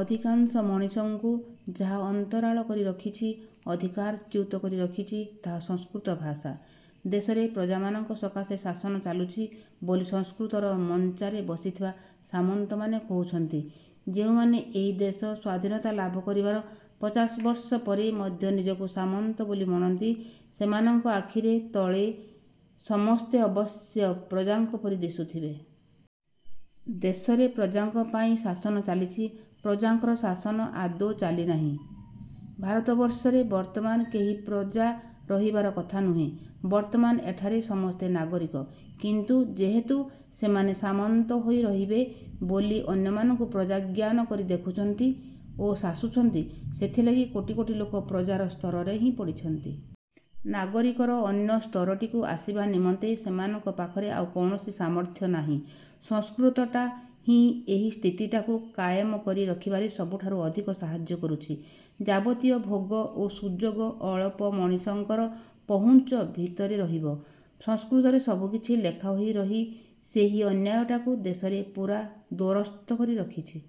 ଅଧିକାଂଶ ମଣିଷଙ୍କୁ ଯାହା ଅନ୍ତରାଳ କରି ରଖିଛି ଅଧିକାରଚ୍ୟୁତ କରି ରଖିଛି ତାହା ସଂସ୍କୃତ ଭାଷା। ଦେଶରେ ପ୍ରଜାମାନଙ୍କ ସକାଶେ ଶାସନ ଚାଲୁଛି ବୋଲି ସଂସ୍କୃତର ମଞ୍ଚାରେ ବସିଥିବା ସାମନ୍ତମାନେ କହୁଛନ୍ତି। ଯେଉଁମାନେ ଏହି ଦେଶ ସ୍ୱାଧୀନତା ଲାଭ କରିବାର ପଚାଶବର୍ଷ ପରେ ମଧ୍ୟ ନିଜକୁ ସାମନ୍ତ ବୋଲି ମଣନ୍ତି ସେମାନଙ୍କ ଆଖିରେ ତଳେ ସମସ୍ତେ ଅବଶ୍ୟ ପ୍ରଜାଙ୍କ ପରି ଦିଶୁଥିବେ। ଦେଶରେ ପ୍ରଜାଙ୍କ ପାଇଁ ଶାସନ ଚାଲିଛି, ପ୍ରଜାଙ୍କର ଶାସନ ଆଦୌ ଚାଲିନାହିଁ। ଭାରତବର୍ଷରେ ବର୍ତ୍ତମାନ କେହି ପ୍ରଜା ରହିବାର କଥା ନୁହେଁ। ବର୍ତ୍ତମାନ ଏଠାରେ ସମସ୍ତେ ନାଗରିକ। କିନ୍ତୁ ଯେହେତୁ ସେମାନେ ସାମନ୍ତ ହୋଇ ରହିବେ ବୋଲି ଅନ୍ୟମାନଙ୍କୁ ପ୍ରଜାଜ୍ଞାନ କରି ଦେଖୁଛନ୍ତି ଓ ଶାସୁଛନ୍ତି, ସେଥିଲାଗି କୋଟି କୋଟି ଲୋକ ପ୍ରଜାର ସ୍ତରରେ ହିଁ ପଡ଼ିଛନ୍ତି। ନାଗରିକର ଅନ୍ୟ ସ୍ତରଟିକୁ ଆସିବା ନିମନ୍ତେ ସେମାନଙ୍କ ପାଖରେ ଆଉ କୌଣସି ସାମର୍ଥ୍ୟ ନାହିଁ। ସଂସ୍କୃତଟା ହିଁ ଏହି ସ୍ଥିତିଟାକୁ କାଏମ କରି ରଖିବାରେ ସବୁଠାରୁ ଅଧିକ ସାହାଯ୍ୟ କରୁଛି। ଯାବତୀୟ ଭୋଗ ଓ ସୁଯୋଗ ଅଳପ ମଣିଷଙ୍କର ପହୁଞ୍ଚ ଭିତରେ ରହିବ, ସଂସ୍କୃତରେ ସବୁକିଛି ଲେଖା ହୋଇ ରହି ସେହି ଅନ୍ୟାୟଟାକୁ ଦେଶରେ ପୂରା ଦୋରସ୍ତ କରି ରଖିଛି।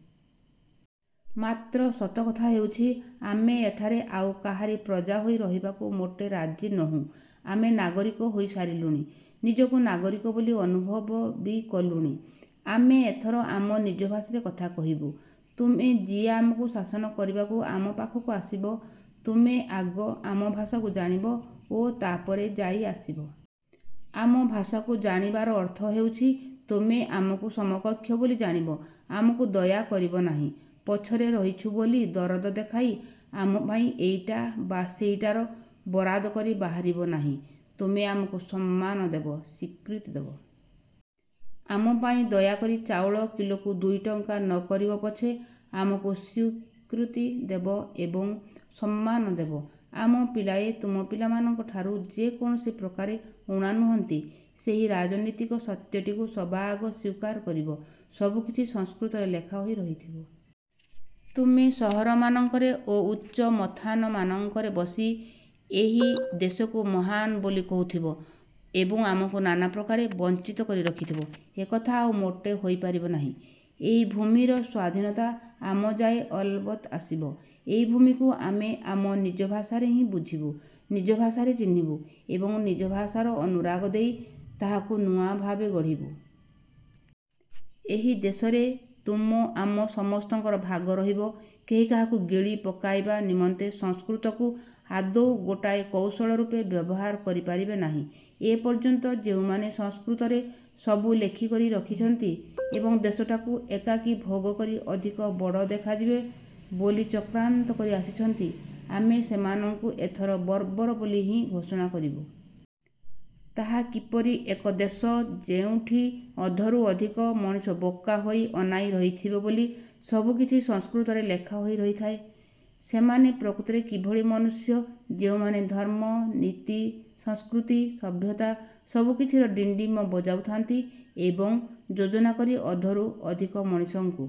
ମାତ୍ର ସତ କଥା ହେଉଛି ଆମେ ଏଠାରେ ଆଉ କାହାରି ପ୍ରଜା ହୋଇ ରହିବାକୁ ମୋଟେ ରାଜି ନୋହୁଁ, ଆମେ ନାଗରିକ ହୋଇ ସାରିଲୁଣି। ନିଜକୁ ନାଗରିକ ବୋଲି ଅନୁଭବ ବି କଲୁଣି। ଆମେ ଏଥର ଆମ ନିଜ ଭାଷାରେ କଥା କହିବୁ। ତୁମେ ଯିଏ ଆମକୁ ଶାସନ କରିବାକୁ ଆମ ପାଖକୁ ଆସିବ ତୁମେ ଆଗ ଆମ ଭାଷାକୁ ଜାଣିବ ଓ ତାପରେ ଯାଇ ଆସିବ। ଆମ ଭାଷାକୁ ଜାଣିବାର ଅର୍ଥ ହେଉଛି ତୁମେ ଆମକୁ ସମକକ୍ଷ ବୋଲି ଜାଣିବ, ଆମକୁ ଦୟା କରିବ ନାହିଁ। ପଛରେ ରହିଛୁ ବୋଲି ଦରଦ ଦେଖାଇ ଆମ ପାଇଁ ଏଇଟା ବା ସେଇଟାର ବରାଦ କରି ବାହାରିବ ନାହିଁ। ତୁମେ ଆମକୁ ସମ୍ମାନ ଦେବ, ସ୍ୱୀକୃତି ଦେବ। ଆମ ପାଇଁ ଦୟାକରି ଚାଉଳ କିଲୋକୁ ଦୁଇଟଙ୍କା ନକରିବ ପଛେ, ଆମକୁ ସ୍ୱୀକୃତି ଦେବ ଏବଂ ସମ୍ମାନ ଦେବ। ଆମ ପିଲାଏ ତୁମ ପିଲାମାନଙ୍କ ଠାରୁ ଯେ କୌଣସି ପ୍ରକାରେ ଊଣା ନୁହନ୍ତି ସେହି ରାଜନୀତିକ ସତ୍ୟଟିକୁ ସବାଆଗ ସ୍ୱୀକାର କରିବ। ସବୁକିଛି ସଂସ୍କୃତରେ ଲେଖା ହୋଇ ରହିଥିବ। ତୁମେ ସହରମାନଙ୍କରେ ଓ ଉଚ୍ଚ ମଥାନମାନଙ୍କରେ ବସି ଏହି ଦେଶକୁ ମହାନ ବୋଲି କହୁଥିବ ଏବଂ ଆମକୁ ନାନା ପ୍ରକାରେ ବଞ୍ଚିତ କରି ରଖିଥିବ, ଏକଥା ଆଉ ମୋଟେ ହୋଇପାରିବ ନାହିଁ। ଏହି ଭୂମିର ସ୍ୱାଧୀନତା ଆମଯାଏ ଅଲବତ ଆସିବ। ଏହି ଭୂମିକୁ ଆମେ ଆମ ନିଜ ଭାଷାରେ ହିଁ ବୁଝିବୁ, ନିଜ ଭାଷାରେ ଚିହ୍ନିବୁ ଏବଂ ନିଜ ଭାଷାର ଅନୁରାଗ ଦେଇ ତାହାକୁ ନୂଆ ଭାବେ ଗଢ଼ିବୁ। ଏହି ଦେଶରେ ତୁମ ଆମ ସମସ୍ତଙ୍କର ଭାଗ ରହିବ କେହି କାହାକୁ ଗିଳି ପକାଇବା ନିମନ୍ତେ ସଂସ୍କୃତକୁ ଆଦୌ ଗୋଟାଏ କୌଶଳ ରୂପେ ବ୍ୟବହାର କରିପାରିବେ ନାହିଁ। ଏପର୍ଯ୍ୟନ୍ତ ଯେଉଁମାନେ ସଂସ୍କୃତରେ ସବୁ ଲେଖିକରି ରଖିଛନ୍ତି ଏବଂ ଦେଶଟାକୁ ଏକାକୀ ଭୋଗକରି ଅଧିକ ବଡ଼ ଦେଖାଯିବେ ବୋଲି ଚକ୍ରାନ୍ତ କରି ଆସିଛନ୍ତି, ଆମେ ସେମାନଙ୍କୁ ଏଥର ବର୍ବର ବୋଲି ହିଁ ଘୋଷଣା କରିବୁ। ତାହା କିପରି ଏକ ଦେଶ ଯେଉଁଠି ଅଧରୁ ଅଧିକ ମଣିଷ ବୋକା ହୋଇ ଅନାଇ ରହିଥିବେ ବୋଲି ସବୁକିଛି ସଂସ୍କୃତରେ ଲେଖାହୋଇ ରହିଥାଏ? ସେମାନେ ପ୍ରକୃତରେ କିଭଳି ମନୁଷ୍ୟ ଯେଉଁମାନେ ଧର୍ମ, ନୀତି, ସଂସ୍କୃତି, ସଭ୍ୟତା ସବୁକିଛିର ଡ଼ିଣ୍ଡିମ ବଜାଉ ଥାଆନ୍ତି ଏବଂ ଯୋଜନା କରି ଅଧରୁ ଅଧିକ ମଣିଷଙ୍କୁ